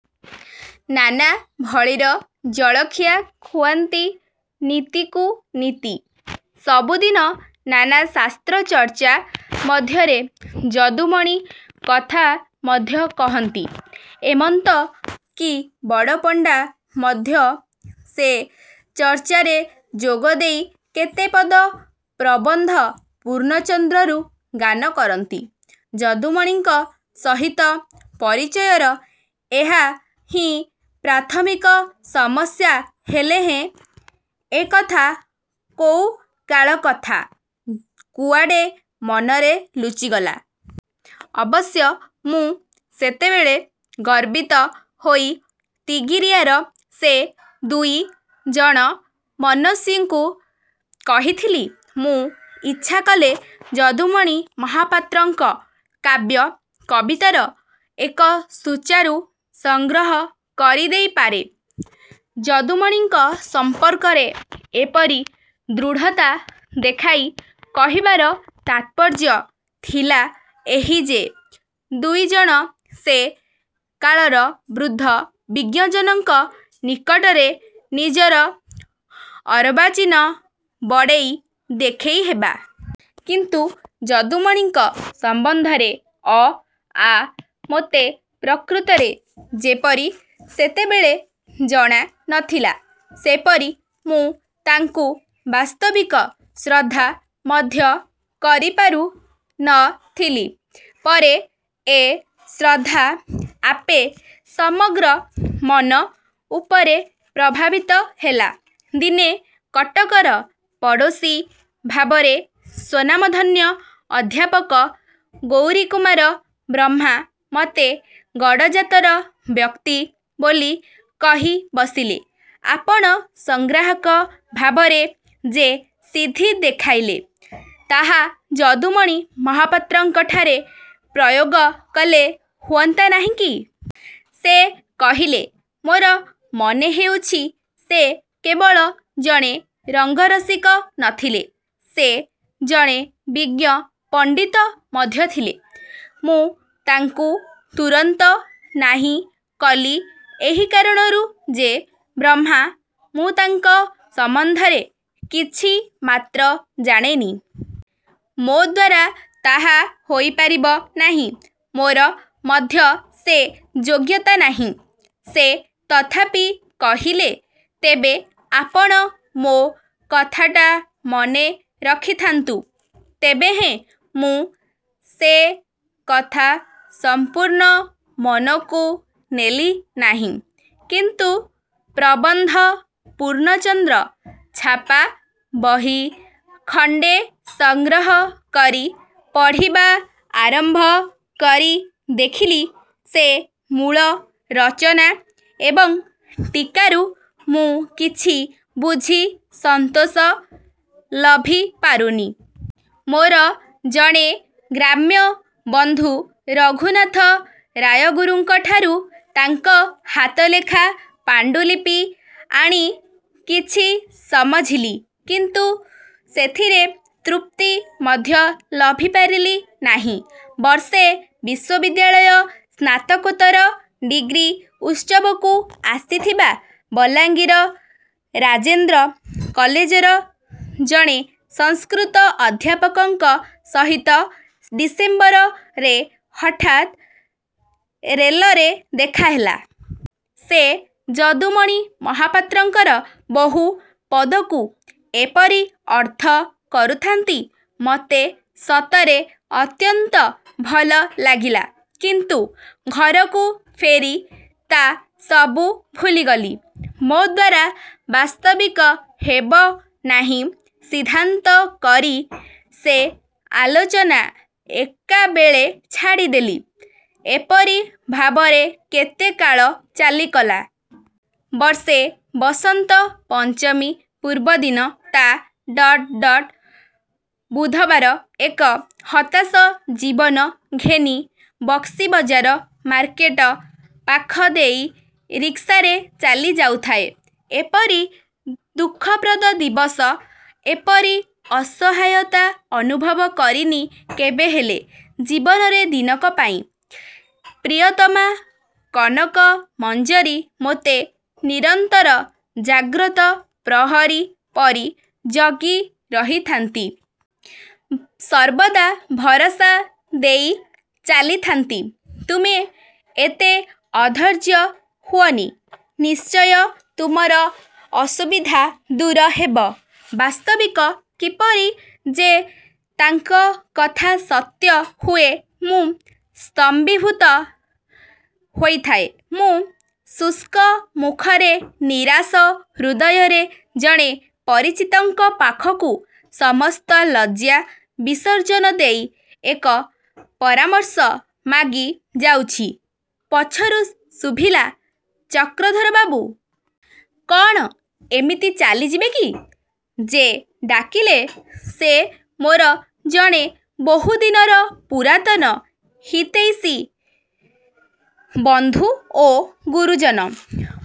' ନାନା ଭଳିର ଜଳଖିଆ ଖୁଆନ୍ତି ନିତିକୁ ନିତି। ସବୁଦିନ ନାନା ଶାସ୍ତ୍ରଚର୍ଚ୍ଚା ମଧ୍ୟରେ ଯଦୁମଣି କଥା ମଧ୍ୟ କହନ୍ତି। ଏମନ୍ତ କି ବଡ଼ପଣ୍ଡା ମଧ୍ୟ ସେ ଚର୍ଚ୍ଚାରେ ଯୋଗଦେଇ କେତେ ପଦ ପ୍ରବନ୍ଧ ପୂର୍ଣ୍ଣଚନ୍ଦ୍ରରୁ ଗାନ କରନ୍ତି। ଯଦୁମଣିଙ୍କ ସହିତ ପରିଚୟର ଏହା ହିଁ ପ୍ରାଥମିକ ସମସ୍ୟା ହେଲେହେଁ- ଏ କଥା କୋଉ କାଳ କଥା, କୁଆଡ଼େ ମନରେ ଲୁଚିଗଲା। ଅବଶ୍ୟ ମୁଁ ସେତେବେଳେ ଗର୍ବିତ ହୋଇ ତିଗିରିଆର ସେ ଦୁଇ ଜଣ ମନସ୍ୱୀଙ୍କୁ କହିଥିଲି-ମୁଁ ଇଚ୍ଛାକଲେ ଯଦୁମଣି ମହାପାତ୍ରଙ୍କ କାବ୍ୟ କବିତାର ଏକ ସୁଚାରୁ ସଂଗ୍ରହ କରି ଦେଇପାରେ। ଯଦୁମଣିଙ୍କ ସଂପର୍କରେ ଏପରି ଦୃଢ଼ତା ଦେଖାଇ କହିବାର ତାତ୍ପର୍ଯ୍ୟ ଥିଲା ଏହି ଯେ-ଦୁଇ ଜଣ ସେ କାଳର ବୃଦ୍ଧ ବିଜ୍ଞଜନଙ୍କ ନିକଟରେ ନିଜର ଅର୍ବାଚୀନ ବଡ଼େଇ ଦେଖେଇହେବା। କିନ୍ତୁ ଯଦୁମଣିଙ୍କ ସମ୍ବନ୍ଧରେ ଅ' ଆ' ମୋତେ ପ୍ରକୃତରେ ଯେପରି ସେତେବେଳେ ଜଣା ନ ଥିଲା, ସେପରି ମୁଁ ତାଙ୍କୁ ବାସ୍ତବିକ ଶ୍ରଦ୍ଧା ମଧ୍ୟ କରିପାରୁ ନ ଥିଲି। ପରେ ଏ ଶ୍ରଦ୍ଧା ଆପେ ସମଗ୍ର ମନ ଉପରେ ପ୍ରଭାବିତ ହେଲା। ଦିନେ କଟକର ପଡ଼ୋଶୀ ଭାବରେ ସ୍ୱନାମଧନ୍ୟ ଅଧ୍ୟାପକ ଗୌରୀକୁମାର ବ୍ରହ୍ମା ମତେ ଗଡ଼ଜାତର ବ୍ୟକ୍ତି ବୋଲି କହି ବସିଲେ-'ଆପଣ ସଂଗ୍ରାହକ ଭାବରେ ଯେ ସିଦ୍ଧି ଦେଖାଇଲେ, ତାହା ଯଦୁମଣି ମହାପାତ୍ରଙ୍କଠାରେ ପ୍ରୟୋଗ କଲେ ହୁଅନ୍ତା ନାହିଁ କି? ' ସେ କହିଲେ-'ମୋର ମନେ ହେଉଛି ସେ କେବଳ ଜଣେ ରଙ୍ଗରସିକ ନ ଥିଲେ, ସେ ଜଣେ ବିଜ୍ଞ ପଣ୍ଡିତ ମଧ୍ୟ ଥିଲେ। ' ମୁଁ ତାଙ୍କୁ ତୁରନ୍ତ ନାହିଁ କଲି ଏହି କାରଣରୁ ଯେ- 'ବ୍ରହ୍ମା, ମୁଁ ତାଙ୍କ ସମ୍ବନ୍ଧରେ କିଛି ମାତ୍ର ଜାଣେନି। ମୋଦ୍ୱାରା ତାହା ହୋଇପାରିବ ନାହିଁ। ମୋର ମଧ୍ୟ ସେ ଯୋଗ୍ୟତା ନାହିଁ। ' ସେ ତଥାପି କହିଲେ-'ତେବେ ଆପଣ ମୋ କଥାଟା ମନେ ରଖିଥାନ୍ତୁ। ' ତେବେହେଁ ମୁଁ ସେ କଥା ସଂପୂର୍ଣ୍ଣ ମନକୁ ନେଲି ନାହିଁ। କିନ୍ତୁ ''ପ୍ରବନ୍ଧ ପୂର୍ଣ୍ଣଚନ୍ଦ୍ର" ଛାପା ବହି ଖଣ୍ଡେ ସଂଗ୍ରହ କରି ପଢ଼ିବା ଆରମ୍ଭ କରି ଦେଖିଲି ସେ ମୂଳ ରଚନା ଏବଂ ଟୀକାରୁ ମୁଁ କିଛି ବୁଝି ସନ୍ତୋଷ ଲଭି ପାରୁନି। ମୋର ଜଣେ ଗ୍ରାମ୍ୟ ବନ୍ଧୁ ରଘୁନାଥ ରାୟଗୁରୁଙ୍କଠାରୁ ତାଙ୍କ ହାତଲେଖା ପାଣ୍ଡୁଲିପି ଆଣି କିଛି ସମଝିଲି, କିନ୍ତୁ ସେଥିରେ ତୃପ୍ତି ମଧ୍ୟ ଲଭିପାରିଲି ନାହିଁ। ବର୍ଷେ ବିଶ୍ୱବିଦ୍ୟାଳୟ ସ୍ନାତକୋତ୍ତର ଡ଼ିଗ୍ରୀ ଉତ୍ସବକୁ ଆସିଥିବା ବଲାଙ୍ଗିର ରାଜେନ୍ଦ୍ର କଲେଜର ଜଣେ ସଂସ୍କୃତ ଅଧ୍ୟାପକଙ୍କ ସହିତ ଡିସେମ୍ବର ରେ ହଠାତ୍ ରେଲରେ ଦେଖାହେଲା। ସେ ଯଦୁମଣି ମହାପାତ୍ରଙ୍କର ବହୁ ପଦକୁ ଏପରି ଅର୍ଥ କରୁଥାନ୍ତି, ମତେ ସତରେ ଅତ୍ୟନ୍ତ ଭଲ ଲାଗିଲା-। କିନ୍ତୁ ଘରକୁ ଫେରି ତା' ସବୁ ଭୁଲିଗଲି। ମୋଦ୍ୱାରା ବାସ୍ତବିକ୍ ହେବ ନାହିଁ ସିଦ୍ଧାନ୍ତ କରି ସେ ଆଲୋଚନା ଏକାବେଳେ ଛାଡିଦେଲି। ଏପରି ଭାବରେ କେତେକାଳ ଚାଲିକଲା। ବର୍ଷେ ବସନ୍ତ ପଞ୍ଚମୀ ପୂର୍ବଦିନ ତା −− ବୁଧବାର ଏକ ହତାଶ ଜୀବନ ଘେନି ବକ୍ସିବଜାର ମାର୍କେଟ ପାଖ ଦେଇ ରିକ୍ସାରେ ଚାଲିଯାଉଥାଏ। ଏପରି ଦୁଃଖପ୍ରଦ ଦିବସ, ଏପରି ଅସହାୟତା ଅନୁଭବ କରିନି କେବେହେଲେ ଜୀବନରେ ଦିନକ ପାଇଁ। ପ୍ରିୟତମା କନକ ମଞ୍ଜରୀ ମୋତେ ନିରନ୍ତର ଜାଗ୍ରତ ପ୍ରହରୀ ପରି ଜଗି ରହିଥାନ୍ତି। ସର୍ବଦା ଭରସା ଦେଇ ଚାଲିଥାନ୍ତି-'ତୁମେ ଏତେ ଅଧୈର୍ଯ୍ୟ ହୁଅନି, ନିଶ୍ଚୟ ତୁମର ଅସୁବିଧା ଦୂର ହେବ। ' ବାସ୍ତବିକ କିପରି ଯେ ତାଙ୍କ କଥା ସତ୍ୟ ହୁଏ, ମୁଁ ସ୍ତମ୍ଭୀଭୁତ ହୋଇଥାଏ। ମୁଁ ଶୁଷ୍କ ମୁଖରେ ନିରାଶ ହୃଦୟରେ ଜଣେ ପରିଚିତଙ୍କ ପାଖକୁ ସମସ୍ତ ଲଜ୍ଜା ବିସର୍ଜନ ଦେଇ ଏକ ପରାମର୍ଶ ମାଗି ଯାଉଛି, ପଛରୁ ଶୁଭିଲା- 'ଚକ୍ରଧର ବାବୁ। କ'ଣ ଏମିତି ଚାଲିଯିବେ କି? ' -ଯେ ଡାକିଲେ ସେ ମୋର ଜଣେ ବହୁଦିନର ପୁରାତନ ହିତୈଷୀ ବନ୍ଧୁ ଓ ଗୁରୁଜନ।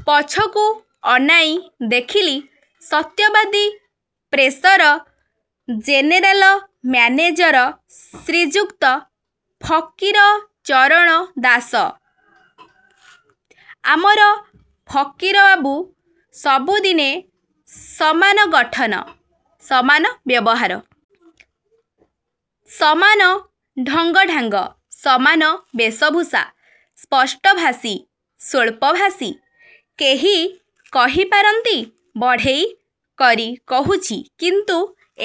ପଛକୁ ଅନାଇଁ ଦେଖିଲି ସତ୍ୟବାଦୀ ପ୍ରେସର ଜେନେରାଲ ମ୍ୟାନେଜର ଶ୍ରୀଯୁକ୍ତ ଫକୀରଚରଣ ଦାସ। ଆମର ଫକୀର ବାବୁ। ସବୁଦିନେ ସମାନ ଗଠନ। ସମାନ ବ୍ୟବହାର। ସମାନ ଢଙ୍ଗଢ଼ାଙ୍ଗ। ସମାନ ବେଶଭୂଷା। ସ୍ପଷ୍ଟଭାଷୀ। ସ୍ୱଳ୍ପଭାଷୀ। କେହି କହିପାରନ୍ତି ବଢ଼େଇ କରି କହୁଛି। କିନ୍ତୁ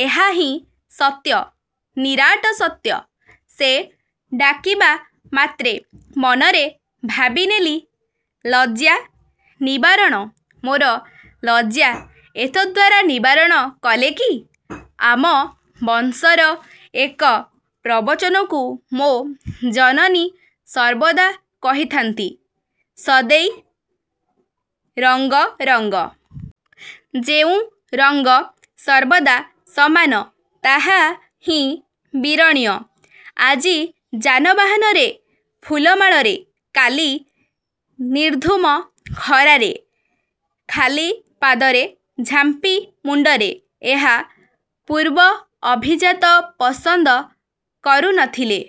ଏହା ହିଁ ସତ୍ୟ-ନିରାଟ ସତ୍ୟ। ସେ ଡାକିବା ମାତ୍ରେ ମନରେ ଭାବିନେଲି 'ଲଜ୍ଜା−ନିବାରଣ' ମୋର ଲଜ୍ଜା ଏତଦ୍ଦ୍ୱାରା ନିବାରଣ କଲେ କି-? ଆମ ବଂଶର ଏକ ପ୍ରବଚନକୁ ମୋ ଜନନୀ ସର୍ବଦା କହିଥାନ୍ତି-'ସଦୈ ରଙ୍ଗ ରଙ୍ଗ। ' ଯେଉଁ ରଙ୍ଗ ସର୍ବଦା ସମାନ ତାହା ହିଁ ବିରଣୀୟ। ଆଜି ଯାନବାହନରେ ଫୁଲମାଳରେ, କାଲି ନିର୍ଧୂମ ଖରାରେ ଖାଲି ପାଦରେ ଝାମ୍ପି ମୁଣ୍ଡରେ, ଏହା ପୂର୍ବ ଅଭିଜାତ ପସନ୍ଦ କରୁ ନ ଥିଲେ।